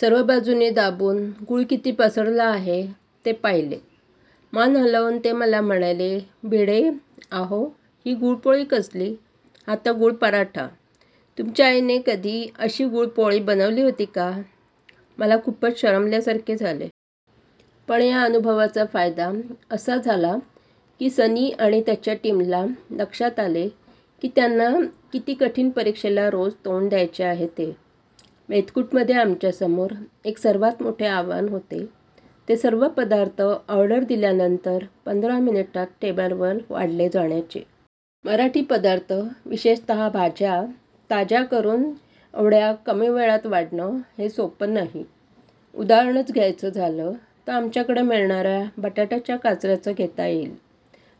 सर्व बाजूनी दाबून गूळ किती पसरला आहे ते पाहिले. मान हलवून ते मला म्हणाले, भिडे, आहो ही गूळपोळी कसली? हा तर गूळपराठा! तुमच्या आईने कधी अशी गूळपोळी बनवली होती का? मला खूपच शरमल्यासारखे झाले. पण या अनुभवाचा फायदा असा झाला की सनी आणि त्याच्या टीमला लक्षात आले की त्यांना किती कठीण परीक्षेला रोज तोंड द्यायचे आहे ते. मेतकूटमध्ये आमच्यासमोर एक सर्वात मोठे आव्हान होते ते सर्व पदार्थ ऑर्डर दिल्यानंतर पंधरा मिनिटात टेबलवर वाढले जाण्याचे. मराठी पदार्थ, विशेषतः भाज्या, ताज्या करून एवढ्या कमी वेळात वाढणं हे सोपं नाही. उदाहरणच घ्यायचं झालं तर आमच्याकडे मिळणाऱ्या बटाट्याच्या काचऱ्यांचं घेता येईल.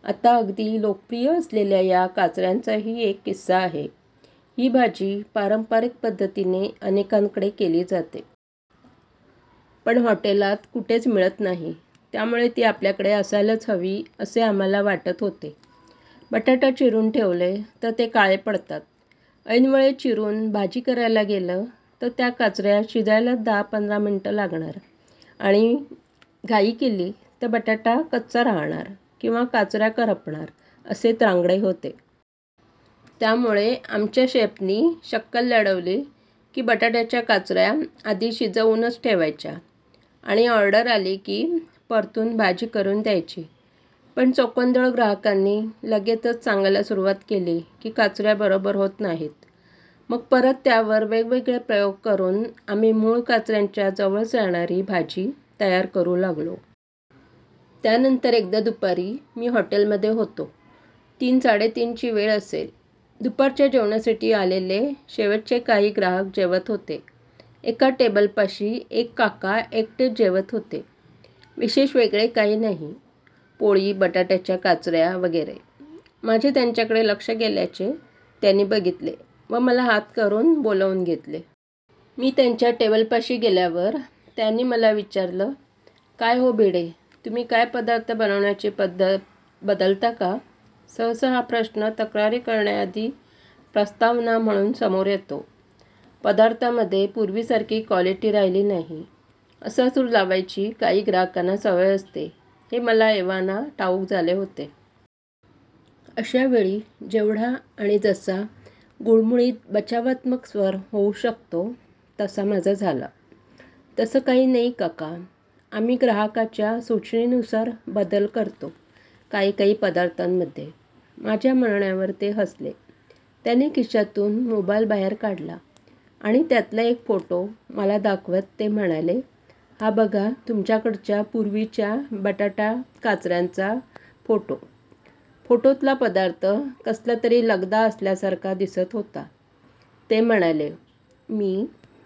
आता अगदी लोकप्रिय असलेल्या या काचऱ्यांचाही एक किस्सा आहे. ही भाजी पारंपरिक पद्धतीने अनेकांकडे केली जाते. पण हॉटेलात कुठेच मिळत नाही. त्यामुळे ती आपल्याकडे असायलाच हवी असे आम्हाला वाटत होते. बटाटे चिरून ठेवले तर ते काळे पडतात. ऐनवेळी चिरून भाजी करायला गेलं तर त्या काचऱ्या शिजायलाच दहापंधरा मिनिटं लागणार आणि घाई केली तर बटाटा कच्चा राहणार किंवा काचऱ्या करपणार असे त्रांगडे होते. त्यामुळे आमच्या शेफनी शक्कल लढवली की बटाट्याच्या काचऱ्या आधी शिजवूनच ठेवायच्या आणि ऑर्डर आली की परतून भाजी करून द्यायची. पण चोखंदळ ग्राहकांनी लगेचच सांगायला सुरुवात केली की काचऱ्या बरोबर होत नाहीत. मग परत त्यावर वेगवेगळे प्रयोग करून आम्ही मूळ काचऱ्यांच्या जवळ जाणारी भाजी तयार करू लागलो. त्यानंतर एकदा दुपारी मी हॉटेलमधे होतो. तीनसाडेतीनची वेळ असेल. दुपारच्या जेवणासाठी आलेले शेवटचे काही ग्राहक जेवत होते. एका टेबलपाशी एक काका एकटेच जेवत होते. विशेष वेगळे काही नाही. पोळी, बटाट्याच्या काचऱ्या वगैरे. माझे त्यांच्याकडे लक्ष गेल्याचे त्यांनी बघितले व मला हात करून बोलावून घेतले. मी त्यांच्या टेबलपाशी गेल्यावर त्यांनी मला विचारलं, काय हो भिडे, तुम्ही काय पदार्थ बनवण्याची पद्धत बदलता का? सहसा हा प्रश्न तक्रारी करण्याआधी प्रस्तावना म्हणून समोर येतो. 'पदार्थांमधे पुर्वीसारखी क्वालिटी राहीली नाही' असा सूर लावायची काही ग्राहकांना सवय असते हे मला एव्हाना ठाऊक झाले होते. अशावेळी जेवढा आणि जसा गुळमुळीत बचावात्मक स्वर होऊ शकतो तसा माझा झाला. तसं काही नाही काकाआम्ही ग्राहकाच्या सुचनेनुसार बदल करतो काही काही पदार्थांमधेया माझ्या म्हणण्यावर ते हसले. त्यांनी खिशातून मोबाईल बाहेर काढला आणि त्यातला एक फोटो मला दाखवत ते म्हणाले, हा बघा तुमच्याकडच्या पूर्वीच्या बटाटा काचऱ्यांचा फोटोफोटोतला पदार्थ कसला तरी लगदा असल्यासारखा दिसत होता. ते म्हणाले, मी